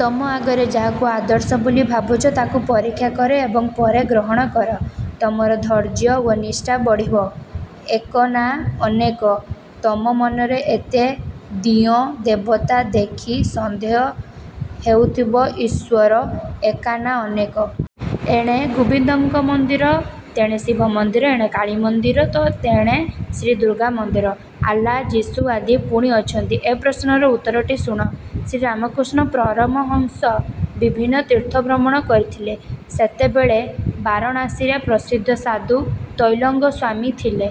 ତମ ଆଗରେ ଯାହାକୁ ଆଦର୍ଶ ବୋଲି ଭାବୁଛ ତାକୁ ପରୀକ୍ଷା କର ଏବଂ ପରେ ଗ୍ରହଣ କର। ତମର ଧୈର୍ଯ୍ୟ ଓ ନିଷ୍ଠା ବଢ଼ିବ। ଏକ ନା ଅନେକ? ତମ ମନରେ ଏତେ ଦିଅଁ ଦେବତା ଦେଖି ସନ୍ଦେହ ହେଉଥିବ ଈଶ୍ୱର ଏକ ନା ଅନେକ-। ଏଣେ ଗୋବିନ୍ଦଙ୍କ ମନ୍ଦିର ତେଣେ ଶିବମନ୍ଦିର, ଏଣେ କାଳୀମନ୍ଦିର ତ ତେଣେ ଶ୍ରୀ ଦୁର୍ଗାମନ୍ଦିର-। ଆଲ୍ଲା, ଯୀଶୁ ଆଦି ପୁଣି ଅଛନ୍ତି। ଏ ପ୍ରଶ୍ନର ଉତ୍ତରଟି ଶୁଣ। ଶ୍ରୀରାମକୃଷ୍ଣ ପରମହଂସ ବିଭିନ୍ନ ତୀର୍ଥ ଭ୍ରମଣ କରିଥିଲେ। ସେତେବେଳେ ବାରାଣସୀରେ ପ୍ରସିଦ୍ଧ ସାଧୁ ତ୍ରୈଲଙ୍ଗ ସ୍ୱାମୀ ଥିଲେ।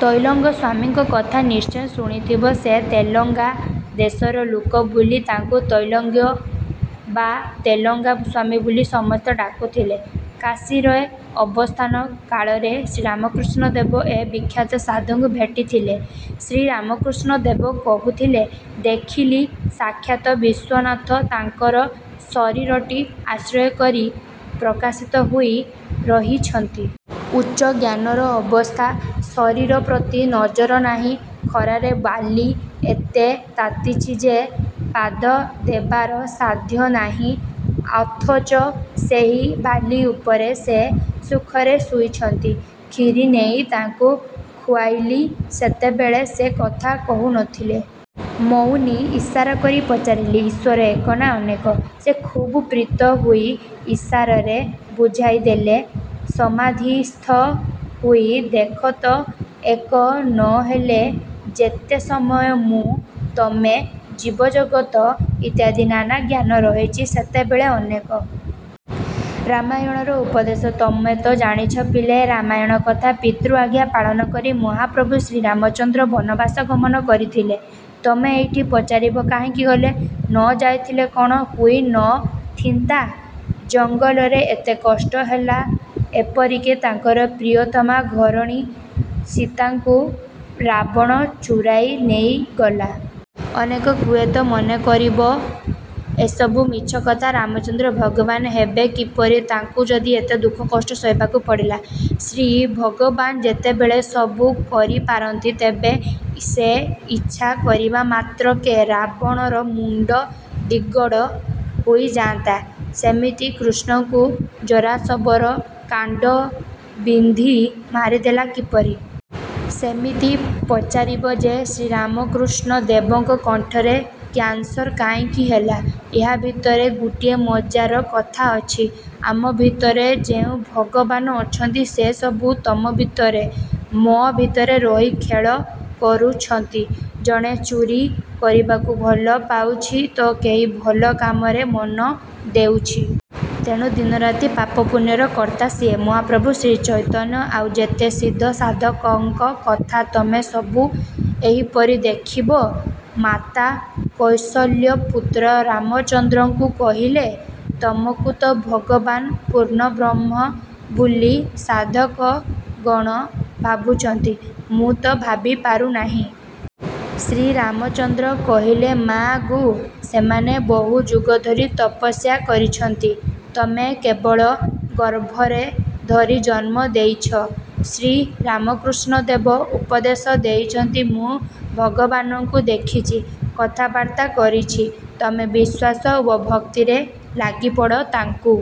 ତ୍ରୈଲଙ୍ଗ ସ୍ୱାମୀଙ୍କ କଥା ନିଶ୍ଚୟ ଶୁଣିଥିବ। ସେ ତେଲଙ୍ଗା ଦେଶର ଲୋକ ବୋଲି ତାଙ୍କୁ ତ୍ରୈଲଙ୍ଗ ବା ତେଲଙ୍ଗା ସ୍ୱାମୀ ବୋଲି ସମସ୍ତେ ଡାକୁଥିଲେ। କାଶୀରେ ଅବସ୍ଥାନ କାଳରେ ଶ୍ରୀରାମକୃଷ୍ଣ ଦେବ ଏ ବିଖ୍ୟାତ ସାଧୁଙ୍କୁ ଭେଟିଥିଲେ। ଶ୍ରୀରାମକୃଷ୍ଣ ଦେବ କହୁଥିଲେ-ଦେଖିଲି, ସାକ୍ଷାତ ବିଶ୍ୱନାଥ ତାଙ୍କର ଶରୀରଟି ଆଶ୍ରୟ କରି ପ୍ରକାଶିତ ହୋଇ ରହିଛନ୍ତି। ଉଚ୍ଚ ଜ୍ଞାନର ଅବସ୍ଥା। ଶରୀର ପ୍ରତି ନଜର ନାହିଁ। ଖରାରେ ବାଲି ଏତେ ତାତିଛି ଯେ ପାଦ ଦେବାର ସାଧ୍ୟ ନାହିଁ, ଅଥଚ ସେହି ବାଲି ଉପରେ ସେ ସୁଖରେ ଶୋଇଛନ୍ତି। କ୍ଷିରି ନେଇ ତାଙ୍କୁ ଖୋଇଲି। ସେତେବେଳେ ସେ କଥା କହୁ ନ ଥିଲେ। ମୌନୀ। ଇଶାରା କରି ପଚାରିଲି, ''ଈଶ୍ୱର ଏକ ନା ଅନେକ? '' ସେ ଖୁବ୍ ପ୍ରୀତ ହୋଇ ଇଶାରାରେ ବୁଝାଇ ଦେଲେ, 'ସମାଧିସ୍ଥ ହୋଇ ଦେଖ ତ ଏକ, ନ ହେଲେ ଯେତେ ସମୟ ମୁଁ, ତମେ, ଜୀବଜଗତ ଇତ୍ୟାଦି ନାନା ଜ୍ଞାନ ରହିଛି, ସେତେବେଳେ ଅନେକ। ' ରାମାୟଣର ଉପଦେଶ ତମେତ ଜାଣିଛ ପିଲାଏ ରାମାୟଣ କଥା। ପିତୃଆଜ୍ଞା ପାଳନ କରି ମହାପ୍ରଭୁ ଶ୍ରୀରାମଚନ୍ଦ୍ର ବନବାସ ଗମନ କରିଥିଲେ। ତମେ ଏଇଠି ପଚାରିବ କାହିଁକି ଗଲେ? ନ ଯାଇଥିଲେ କ'ଣ ହୋଇ ନ ଥିନ୍ତା? ଜଙ୍ଗଲରେ ଏତେ କଷ୍ଟ ହେଲା ଏପରିକି ତାଙ୍କର ପ୍ରିୟତମା ଘରଣୀ ସୀତାଙ୍କୁ ରାବଣ ଚୋରାଇ ନେଇଗଲା। ଅନେକେ ହୁଏତ ମନେ କରିବ ଏସବୁ ମିଛ କଥା-। ରାମଚନ୍ଦ୍ର ଭଗବାନ ହେବେ କିପରି? ତାଙ୍କୁ ଯଦି ଏତେ ଦୁଃଖ-କଷ୍ଟ ସହିବାକୁ ପଡ଼ିଲା। ଶ୍ରୀଭଗବାନ ଯେତେବେଳେ ସବୁ କରିପାରନ୍ତି, ତେବେ ସେ ଇଚ୍ଛା କରିବା ମାତ୍ରକେ ରାବଣର ମୁଣ୍ତ ଦିଗଡ଼ ହୋଇଯାନ୍ତା। ସେମିତି କୃଷ୍ଣଙ୍କୁ ଜାରାଶବର କାଣ୍ତ ବିନ୍ଧି ମାରିଦେଲା କିପରି? ସେମିତି ପଚାରିବ ଯେ ଶ୍ରୀରାମକୃଷ୍ଣ ଦେବଙ୍କ କଣ୍ଠରେ କ୍ୟାନ୍ସର କାହିଁକି ହେଲା। ଏହା ଭିତରେ ଗୋଟିଏ ମଜାର କଥା ଅଛି। ଆମ ଭିତରେ ଯେଉଁ ଭଗବାନ ଅଛନ୍ତି ସେ ସବୁ ତମ ଭିତରେ, ମୋ ଭିତରେ ରହି ଖେଳ କରୁଛନ୍ତି। ଜଣେ ଚୋରୀ କରିବାକୁ ଭଲ ପାଉଛି ତ କେହି ଭଲ କାମରେ ମନ ଦେଉଛି। ତେଣୁ ଦିନରାତି ପାପ-ପୁଣ୍ୟର କର୍ତ୍ତା ସିଏ। ମହାପ୍ରଭୁ ଶ୍ରୀ ଚୈତନ୍ୟ ଆଉ ଯେତେ ସିଦ୍ଧ ସାଧକଙ୍କ କଥା ତମେ ସବୁ ଏହିପରି ଦେଖିବ। ମାତା କୌଶଲ୍ୟା ପୁତ୍ର ରାମଚନ୍ଦ୍ରଙ୍କୁ କହିଲେ, ତମକୁ ତ ଭଗବାନ ପୂର୍ଣ୍ଣବ୍ରହ୍ମ ବୋଲି ସାଧକଗଣ ଭାବୁଛନ୍ତି, ମୁଁ ତ ଭାବି ପାରୁନାହିଁ। ଶ୍ରୀରାମଚନ୍ଦ୍ର କହିଲେ-ମା' ଗୋ ସେମାନେ ବହୁ ଯୁଗ ଧରି ତପସ୍ୟା କରିଛନ୍ତି ତମେ କେବଳ ଗର୍ଭରେ ଧରି ଜନ୍ମ ଦେଇଛ। ଶ୍ରୀରାମକୃଷ୍ଣ ଦେବ ଉପଦେଶ ଦେଇଛନ୍ତି-ମୁଁ ଭଗବାନଙ୍କୁ ଦେଖିଛି। କଥାବାର୍ତ୍ତା କରିଛି-। ତମେ ବିଶ୍ୱାସ ଓ ଭକ୍ତିରେ ଲାଗିପଡ଼ ତାଙ୍କୁ